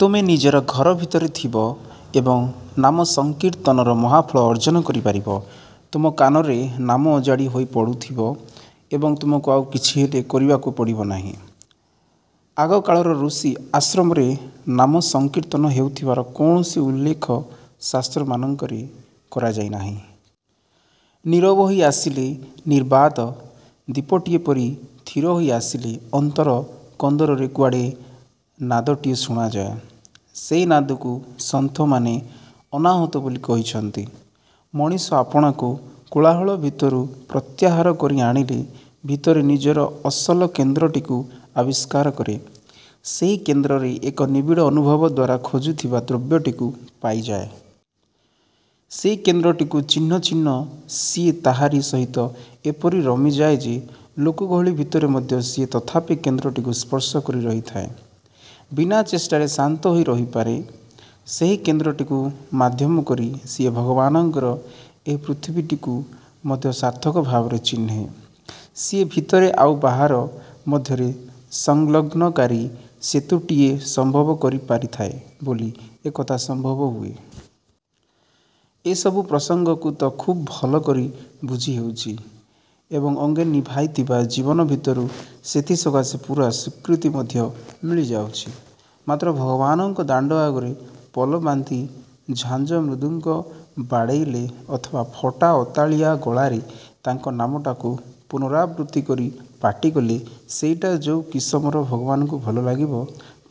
ତୁମେ ନିଜର ଘର ଭିତରେ ଥିବ ଏବଂ ନାମସଂକୀର୍ତ୍ତନର ମହାଫଳ ଅର୍ଜନ କରିପାରିବ। ତୁମ କାନରେ ନାମ ଅଜାଡ଼ି ହୋଇ ପଡୁଥିବ ଏବଂ ତୁମକୁ ଆଉ କିଛିହେଲେ କରିବାକୁ ପଡ଼ିବ ନାହିଁ। ଆଗକାଳର ଋଷି ଆଶ୍ରମରେ ନାମ ସଂକୀର୍ତ୍ତନ ହେଉଥିବାର କୌଣସି ଉଲ୍ଲେଖ ଶାସ୍ତ୍ରମାନଙ୍କରେ କରାଯାଇ ନାହିଁ। ନୀରବ ହୋଇ ଆସିଲେ, ନିର୍ବାତ ଦୀପଟିଏ ପରି ଥିର ହୋଇ ଆସିଲେ ଅନ୍ତର କନ୍ଦରରେ କୁଆଡ଼େ ନାଦଟିଏ ଶୁଣାଯାଏ। ସେହି ନାଦକୁ ସନ୍ଥମାନେ ଅନାହତ ବୋଲି କହିଛନ୍ତି। ମଣିଷ ଆପଣାକୁ କୋଳାହଳ ଭିତରୁ ପ୍ରତ୍ୟାହାର କରି ଆଣିଲେ ଭିତରେ ନିଜର ଅସଲ କେନ୍ଦ୍ରଟିକୁ ଆବିଷ୍କାର କରେ, ସେହି କେନ୍ଦ୍ରରେ ଏକ ନିବିଡ଼ ଅନୁଭବ ଦ୍ଵାରା ଖୋଜୁଥିବା ଦ୍ରବ୍ୟଟିକୁ ପାଇଯାଏ। ସେଇ କେନ୍ଦ୍ରଟିକୁ ଚିହ୍ନ ଚିହ୍ନ ସିଏ ତାହାରି ସହିତ ଏପରି ରମିଯାଏ ଯେ ଲୋକଗହଳି ଭିତରେ ମଧ୍ୟ ସିଏ ତଥାପି କେନ୍ଦ୍ରଟିକୁ ସ୍ପର୍ଶ କରି ରହିଥାଏ। ବିନା ଚେଷ୍ଟାରେ ଶାନ୍ତ ହୋଇ ରହିପାରେ। ସେହି କେନ୍ଦ୍ରଟିକୁ ମାଧ୍ୟମ କରି ସିଏ ଭଗବାନଙ୍କର ଏହି ପୃଥିବୀଟିକୁ ମଧ୍ୟ ସାର୍ଥକ ଭାବରେ ଚିହ୍ନେ, ସିଏ ଭିତରେ ଆଉ ବାହାର ମଧ୍ୟରେ ସଂଲଗ୍ନକାରୀ ସେତୁଟିଏ ସମ୍ଭବ କରି ପାରିଥାଏ ବୋଲି ଏକଥା ସମ୍ଭବ ହୁଏ। ଏସବୁ ପ୍ରସଙ୍ଗକୁ ତ ଖୁବ୍ ଭଲ କରି ବୁଝି ହେଉଛି ଏବଂ ଅଙ୍ଗେ ନିଭାଇଥିବା ଜୀବନ ଭିତରୁ ସେଥିସକାଶେ ପୂରା ସ୍ୱୀକୃତି ମଧ୍ୟ ମିଳିଯାଉଛି। ମାତ୍ର ଭଗବାନଙ୍କ ଦାଣ୍ଡ ଆଗରେ ପଲ ବାନ୍ଧି ଝାଞ୍ଜ ମୃଦଙ୍ଗ ବାଡ଼େଇଲେ ଅଥବା ଫଟା ଅତାଳିଆ ଗଳାରେ ତାଙ୍କ ନାମଟାକୁ ପୁନରାବୃତ୍ତି କରି ପାଟି କଲେ ସେଇଟା ଯୋଉ କିସମର ଭଗବାନଙ୍କୁ ଭଲ ଲାଗିବ,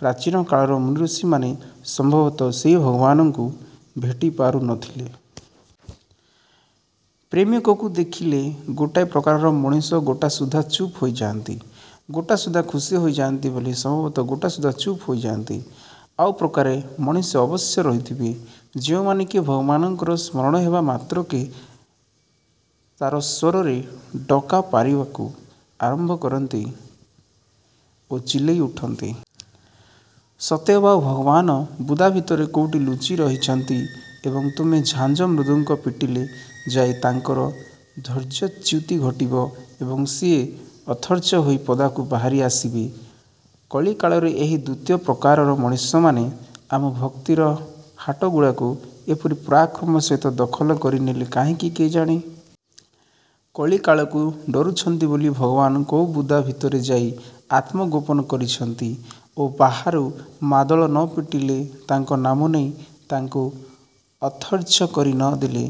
ପ୍ରାଚୀନ କାଳର ମୁନିଋଷିମାନେ ସମ୍ଭବତଃ ସେହି ଭଗବାନଙ୍କୁ ଭେଟିପାରୁ ନଥିଲେ। ପ୍ରେମିକକୁ ଦେଖିଲେ ଗୋଟାଏ ପ୍ରକାରର ମଣିଷ ଗୋଟାସୁଦ୍ଧା ଚୁପ ହୋଇ ଯାଆନ୍ତି, ଗୋଟାସୁଦ୍ଧା ଖୁସି ହୋଇଯାଆନ୍ତି ବୋଲି ସମ୍ଭବତଃ ଗୋଟାସୁଦ୍ଧା ଚୁପ୍ ହୋଇ ଯାଆନ୍ତି। ଆଉ ପ୍ରକାରେ ମଣିଷ ଅବଶ୍ୟ ରହିଥିବେ, ଯେଉଁମାନେ କି ଭଗବାନଙ୍କର ସ୍ମରଣ ହେବା ମାତ୍ରକେ ତାରସ୍ୱରରେ ଡ଼କା ପାରିବାକୁ ଆରମ୍ଭ କରନ୍ତି ଓ ଚିଲେଇ ଉଠନ୍ତି। ସତେଅବା ଭଗବାନ ବୁଦା ଭିତରେ କୋଉଠି ଲୁଚି ରହିଛନ୍ତି ଏବଂ ତୁମେ ଝାଞ୍ଜ ମୃଦଙ୍ଗ ପିଟିଲେ ଯାଇ ତାଙ୍କର ଧୈର୍ଯ୍ୟଚ୍ୟୁତି ଘଟିବ ଏବଂ ସିଏ ଅତର୍ଚ୍ଛ ହୋଇ ପଦାକୁ ବାହାରି ଆସିବେ। କଳିକାଳରେ ଏହି ଦ୍ୱିତୀୟ ପ୍ରକାରର ମଣିଷମାନେ ଆମ ଭକ୍ତିର ହାଟଗୁଡ଼ାକୁ ଏପରି ପରାକ୍ରମ ସହିତ ଦଖଲ କରିନେଲେ କାହିଁକି କେଜାଣି? କଳିକାଳକୁ ଡ଼ରୁଛନ୍ତି ବୋଲି ଭଗବାନ କୋଉ ବୁଦା ଭିତରେ ଯାଇ ଆତ୍ମଗୋପନ କରିଛନ୍ତି ଓ ବାହାରୁ ମାଦଳ ନ ପିଟିଲେ ତାଙ୍କ ନାମ ନେଇ ତାଙ୍କୁ ଅତର୍ଚ୍ଛ କରି ନଦେଲେ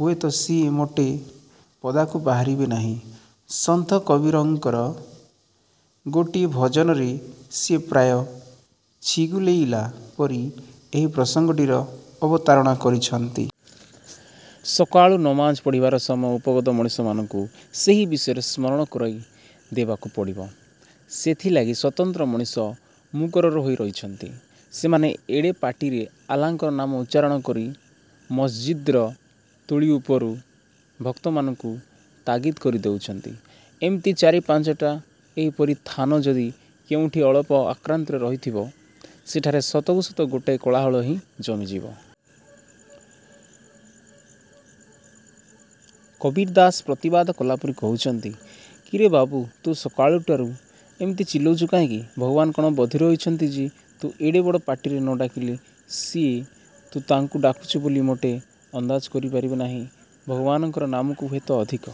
ହୁଏତ ସିଏ ମୋଟେ ପଦାକୁ ବାହାରିବେ ନାହିଁ। ସନ୍ଥ କବୀରଙ୍କର ଗୋଟିଏ ଭଜନରେ ସିଏ ପ୍ରାୟ ଛିଗୁଲେଇଲା ପରି ଏହି ପ୍ରସଙ୍ଗଟିର ଅବତାରଣା କରିଛନ୍ତି। ସକାଳୁ ନମାଜ ପଢ଼ିବାର ସମୟ ଉପଗତ ମଣିଷମାନଙ୍କୁ ସେହି ବିଷୟରେ ସ୍ମରଣ କରାଇଦେବାକୁ ପଡ଼ିବ। ସେଥିଲାଗି ସ୍ୱତନ୍ତ୍ର ମଣିଷ ମୁକରର ହୋଇ ରହିଛନ୍ତି। ସେମାନେ ଏଡ଼େ ପାଟିରେ ଆଲ୍ଲାଙ୍କର ନାମ ଉଚ୍ଚାରଣ କରି ମସ୍ଜିଦ୍ର ତୁଳି ଉପରୁ ଭକ୍ତମାନଙ୍କୁ ତାଗିଦ କରି ଦେଉଛନ୍ତି। ଏମିତି ଚାରି ପାଞ୍ଚଟା ଏହିପରି ଥାନ ଯଦି କେଉଁଠି ଅଳପ ଆକ୍ରାନ୍ତରେ ରହିଥିବ, ସେଠାରେ ସତକୁ ସତ ଗୋଟାଏ କୋଳାହଳ ହିଁ ଜମିଯିବ। କବୀର ଦାସ ପ୍ରତିବାଦ କଲାପରି କହୁଛନ୍ତି, କିରେ ବାବୁ ତୁ ସକାଳଟାରୁ ଏମିତି ଚିଲୋଉଛୁ କାହିଁକି, ଭଗବାନ କଣ ବଧିର ହୋଇଛନ୍ତି ଯେ ତୁ ଏଡ଼େ ବଡ଼ ପାଟିରେ ନ ଡାକିଲେ ସିଏ ତୁ ତାଙ୍କୁ ଡାକୁଛୁ ବୋଲି ମୋଟେ ଅନ୍ଦାଜ କରିପାରିବେ ନାହିଁ। ଭଗବାନଙ୍କର ନାମକୁ ହୁଏତ ଅଧିକ